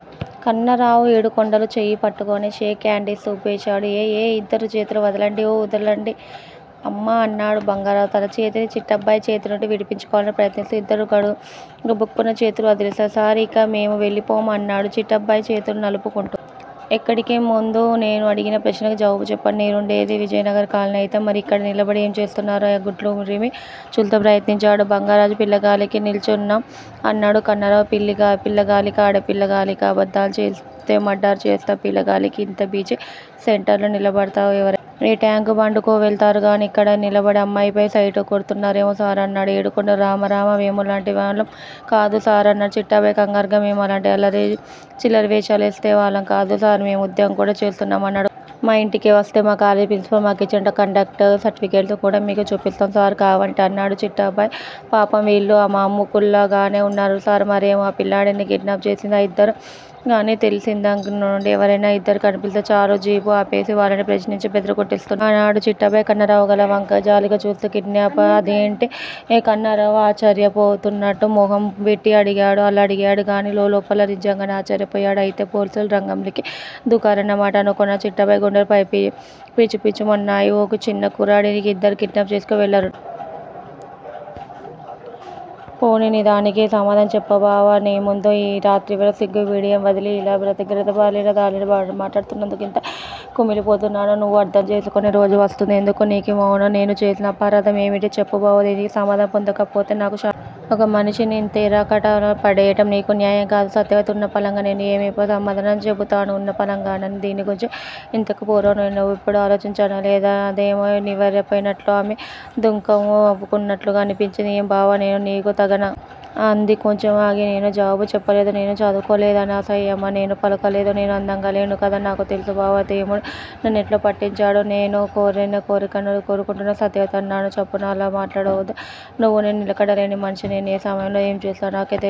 కన్నారావు ఏడుకొండలు చెయ్యిపట్టుకుని షేక్ హండిస్తూ ఊపేశాడు. ఏయ్ ఏయ్ ఇద్దరూ చేతులు వదలండి. ఊ వదలండి హమ్మ! అన్నాడు బంగార్రాజు తన చేతిని చిట్టబ్బాయి చేతి నుండి విడిపించుకోవాలని ప్రయత్నిస్తూ. ఇద్దరూ గబుక్కున చేతులు వదిలేశారు. సార్! ఇక మేము వెళ్ళిపోమా? అన్నాడు చిట్టబ్బాయి చేతులు నలుపు కుంటూ. ఎక్కడికి? ముందు నేను అడిగిన ప్రశ్నలకి జవాబు చెప్పండి. నిరుండేది విజయనగర్ కాలని అయితే మరి ఇక్కడ నిలబడి ఏం చేస్తున్నారు? ఆ గుడ్లురిమి చూస్తూ ప్రశ్నించాడు బంగార్ర్రాజు. పిల్లగాలికి నిల్చున్నాం అన్నాడు కన్నారావు. పిల్లగాలికా ఆడపిల్లగాలికా? అబద్ధాలు చెప్తే మర్డరు చేస్తా. పిల్లగాలికి ఇంత బిజీ సెంటర్లో నిలబడ్తారా ఎవర్తెనా? ఏ ట్యాంక్ బండ్ కో వెళ్తారుగాని ఇక్కడ నిలబడి అమ్మాయిలకి స్తేటు కొడ్తున్నారేమో సార్! అన్నాడు ఏడుకొండలు. రామ రామ. మేమలాంటివాళ్ళం కాదు సార్ అన్నాడు చిట్టబ్బాయి కంగారుగా. మేము అలాంటి అల్లరి చిల్లరి వేషాలేసేవాళ్ళం కాదు సార్. మేము ఉద్యగం కూడా చేస్తున్నాం అన్నాడు. మా ఇంటికి వస్తే మా కాలేజి ప్రిన్సిపాల్ మాకిచ్చిన కాండక్ట్ సర్టిఫికెట్స్ కూడా మీకు చూపిస్తాం సార్ కావాలంటే అన్నాడు చిట్టబ్బాయి. పాపం. వీళ్ళు అమామకుల్లాగానే ఉన్నారు సార్. మారేమో ఆ పిల్లాడిని కిడ్నాప్ చేసింది ఇద్దరు అని తెలిసిందగ్గర్నుండి ఎవర్తెనా ఇద్దరు కనిపిస్తే చాలు జీపు ఆపేసి వాళ్ళని ప్రశ్నించి బెదరగోట్టేస్తున్నారు. అన్నాడు చిట్టబ్బాయి కన్నరావుల వంక జాలిగా చూస్తూ. కిడ్నాపా? అదేంటి? కన్నారావు ఆశ్చర్యంపోతున్నాట్టు మొహం పెట్టి అడిగాడు. అలా అడిగాడుగాని లోలోపల నిజంగానే ఆశ్చర్యపోయాడు. అయితే పోలీసులు రంగంలికి దూకారన్నమాట! అనుకున్నాడు. చిట్టబ్బాయి గుండెలు పిచుపిచుమన్నాయ్. ఓ చిన్న కుర్రాడిని ఇద్దరు కిడ్నాప్ చేస్కుని వెళ్ళారులెండి. పోనీ దనికి సమాధానం చెప్పుబావా! నీ ముందు ఈ రాత్రివేళ సిగ్గూ, బిడియం వదిలి ఇలా గ్రతిమాలినదానిలా మాట్లాడుతున్నందుకు ఎంత కుమిలిపోతున్నానో, నువ్వు అర్థం చేసుకునే రోజు వస్తుందా? ఎందుకు నీకీ మౌనం? నేను చేసిన అపరాధం ఏమిటి చెప్పు బావా! దీనికి సమాధానం పొందకపోతే నాకు శాంతి. ఒక మనిషిని ఇంత ఇరకాటంలో పడెయ్యటం నీకు న్యాయం కాదు సత్యవతీ! ఉన్నపళంగా నేను ఏమి సమాధానం చెబుతాను? ఉన్నపళంగానా? దీన్ని గురించి ఇంతకు పూర్వం నువ్వెప్పుడూ ఆలోచించనే లేదా? అందామె నివ్వెరపోయినట్లు. ఆమె దుఃఖం ఆపుకుంటున్నట్లుగా అనిపించింది. ఏం బావా! నేను నీకు తగనా? అంది కొంచెం ఆగి. నేను జవాబు చెప్పలేదు. నేను చదువుకోలేదని అసహ్యమా? నేను పలుకలేదు. నేను అందంగా లేనుకదూ! నాకు తెలుసుబావా! దేముడు నన్నిట్లా పట్టించాడు. నేను కోరరాని కోరికను కోరుకుంటున్నాను. సత్యవతీ! అన్నాను చప్పున. అలా మాట్లాడొద్దు నువ్వు. నేను నిలకడలేని మనిషిని. నేను ఏ సమయంలో ఏంచేస్తానో నాకే తెలీదు.